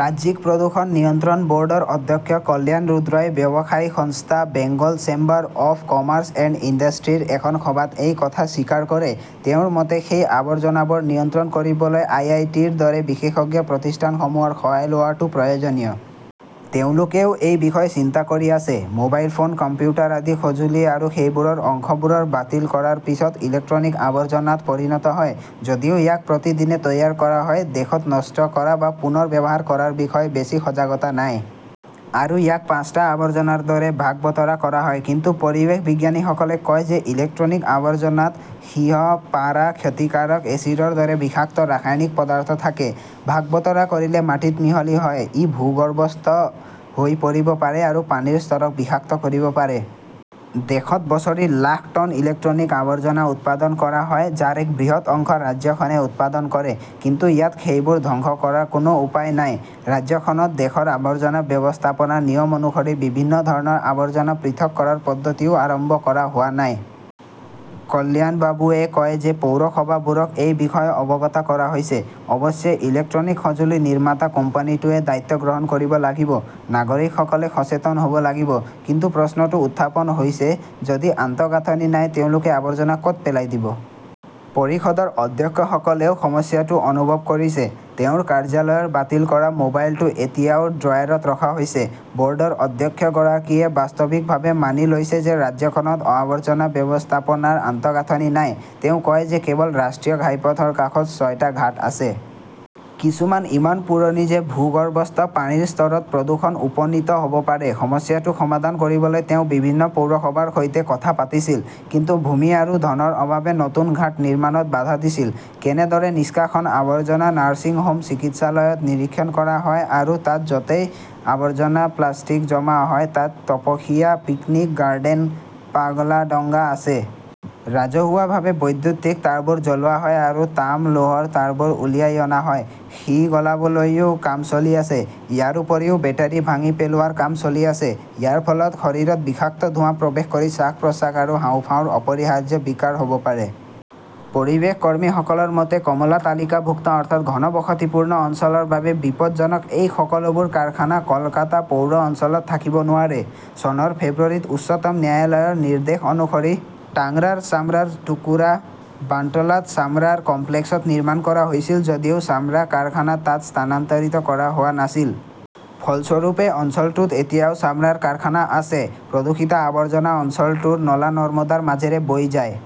ৰাজ্যিক প্ৰদূষণ নিয়ন্ত্ৰণ বৰ্ডৰ অধ্যক্ষ কল্যাণ ৰুদ্ৰই ব্যৱসায়ী সংস্থা Bengal chamber of commerce and ইণ্ডাষ্ট্ৰীৰ এখন সভাত এই কথা স্বীকাৰ কৰে। তেওঁৰ মতে, সেই আৱৰ্জনাবোৰ নিয়ন্ত্ৰণ কৰিবলৈ আই. আই. টি. ৰ দৰে বিশেষজ্ঞ প্ৰতিষ্ঠানসমূহৰ সহায় লোৱাটো প্ৰয়োজনীয়। তেওঁলোকেও এই বিষয়ে চিন্তা কৰি আছে। মোবাইল ফোন, কম্পিউটাৰ আদি সঁজুলি আৰু সেইবোৰৰ অংশবোৰ বাতিল কৰাৰ পিছত ইলেক্ট্ৰনিক আৱৰ্জনাত পৰিণত হয়। যদিও ইয়াক প্ৰতিদিনে তৈয়াৰ কৰা হয়, দেশত নষ্ট কৰা বা পুনৰ ব্যৱহাৰ কৰাৰ বিষয়ে বেছি সজাগতা নাই। আৰু ইয়াক পাঁচটা আৱৰ্জনাৰ দৰে ভাগ-বতৰা কৰা হয়। কিন্তু পৰিৱেশ বিজ্ঞানীসকলে কয় যে ইলেক্ট্ৰনিক আৱৰ্জনাত সীহ, পাৰা, ক্ষতিকাৰক এচিডৰ দৰে বিষাক্ত ৰাসায়নিক পদাৰ্থ থাকে। ভাগ-বতৰা কৰিলে মাটিত মিহলি হয়। ই ভূগৰ্ভস্থ হৈ পৰিব পাৰে আৰু পানীৰ স্তৰক বিষাক্ত কৰিব পাৰে। দেশত বছৰি লাখ টন ইলেক্ট্ৰনিক আৱৰ্জনা উৎপাদন কৰা হয়, যাৰ এক বৃহৎ অংশ ৰাজ্যখনে উৎপাদন কৰে। কিন্তু ইয়াত সেইবোৰ ধ্বংস কৰাৰ কোনো উপায় নাই। ৰাজ্যখনত দেশৰ আৱৰ্জনা ব্যৱস্থাপনা নিয়ম অনুসৰি বিভিন্ন ধৰণৰ আৱৰ্জনা পৃথক কৰাৰ পদ্ধতিও আৰম্ভ কৰা হোৱা নাই। কল্যাণবাবুৱে কয় যে, পৌৰসভাবোৰক এই বিষয়ে অৱগত কৰা হৈছে। অৱশ্যে ইলেক্ট্ৰনিক সঁজুলি নিৰ্মাতা কোম্পানীটোৱে দায়িত্ব গ্ৰহণ কৰিব লাগিব। নাগৰিকসকলে সচেতন হব লাগিব। কিন্তু প্ৰশ্নটো উত্থাপন হৈছে, যদি আন্তঃগাঁথনি নাই তেওঁলোকে আৱৰ্জনা কত পেলাই দিব? পৰিষদৰ অধ্যক্ষসকলেও সমস্যাটো অনুভৱ কৰিছে। তেওঁৰ কাৰ্যালয়ৰ বাতিল কৰা মোবাইলটো এতিয়াও ড্ৰয়াৰত ৰখা হৈছে। বৰ্ডৰ অধ্যক্ষগৰাকীয়ে বাস্তৱিকভাৱে মানি লৈছে যে ৰাজ্যখনত আৱৰ্জনা ব্যৱস্থাপনাৰ আন্তঃগাঁথনি নাই। তেওঁ কয় যে কেৱল ৰাষ্ট্ৰীয় ঘাইপথ ৰ কাষত ছয়টা ঘাট আছে। কিছুমান ইমান পুৰণি যে ভূগৰ্ভস্থ পানীৰ স্তৰত প্ৰদূষণ উপনীত হব পাৰে। সমস্যাটো সমাধান কৰিবলৈ তেওঁ বিভিন্ন পৌৰসভাৰ সৈতে কথা পাতিছিল। কিন্তু ভূমি আৰু ধনৰ অভাৱে নতুন ঘাট নিৰ্মাণত বাধা দিছিল। কেনেদৰে নিষ্কাশন আৱৰ্জনা, নাৰ্ছিং হোম, চিকিৎসালয়ত নিৰীক্ষণ কৰা হয় তাত য'তেই আৱৰ্জনা প্লাষ্টিক জমা হয় তাত তপসিয়া, পিকনিক গাৰ্ডেন, পাগলাডঙ্গা আছে। ৰাজহুৱাভাৱে বৈদ্যুতিক তাঁৰবোৰ জ্বলোৱা হয় আৰু তাম, লোহাৰ তাঁৰবোৰ উলিয়াই অনা হয়। সীহ গলাবলৈও কাম চলি আছে। ইয়াৰ উপৰিও বেটাৰি ভাঙি পেলোৱাৰ কাম চলি আছে। ইয়াৰ ফলত শৰীৰত বিষাক্ত ধোঁৱা প্ৰৱেশ কৰি শ্বাস-প্ৰশ্বাস আৰু হাঁওফাঁওৰ অপৰিহাৰ্য বিকাৰ হব পাৰে। পৰিৱেশ কৰ্মীসকলৰ মতে, কমলা তালিকাভুক্ত অৰ্থাৎ ঘনবসতিপূৰ্ণ অঞ্চলৰ বাবে বিপদজনক এই সকলোবোৰ কাৰখানা কলকাতা পৌৰ অঞ্চলত থাকিব নোৱাৰে। চনৰ ফেব্ৰুৱাৰীত উচ্চতম ন্যায়ালয়ৰ নিৰ্দেশ অনুসৰি টাংৰাৰ চামৰাৰ টুকুৰা বান্টলাত চামৰাৰ কমপ্লেক্সত নিৰ্মাণ কৰা হৈছিল যদিও চামৰা কাৰখানা তাত স্থানান্তৰিত কৰা হোৱা নাছিল। ফলস্বৰূপে, অঞ্চলটোত এতিয়াও চামৰাৰ কাৰখানা আছে। প্ৰদূষিত আৱৰ্জনা অঞ্চলটোৰ নলা-নৰ্দমাৰ মাজেৰে বৈ যায়।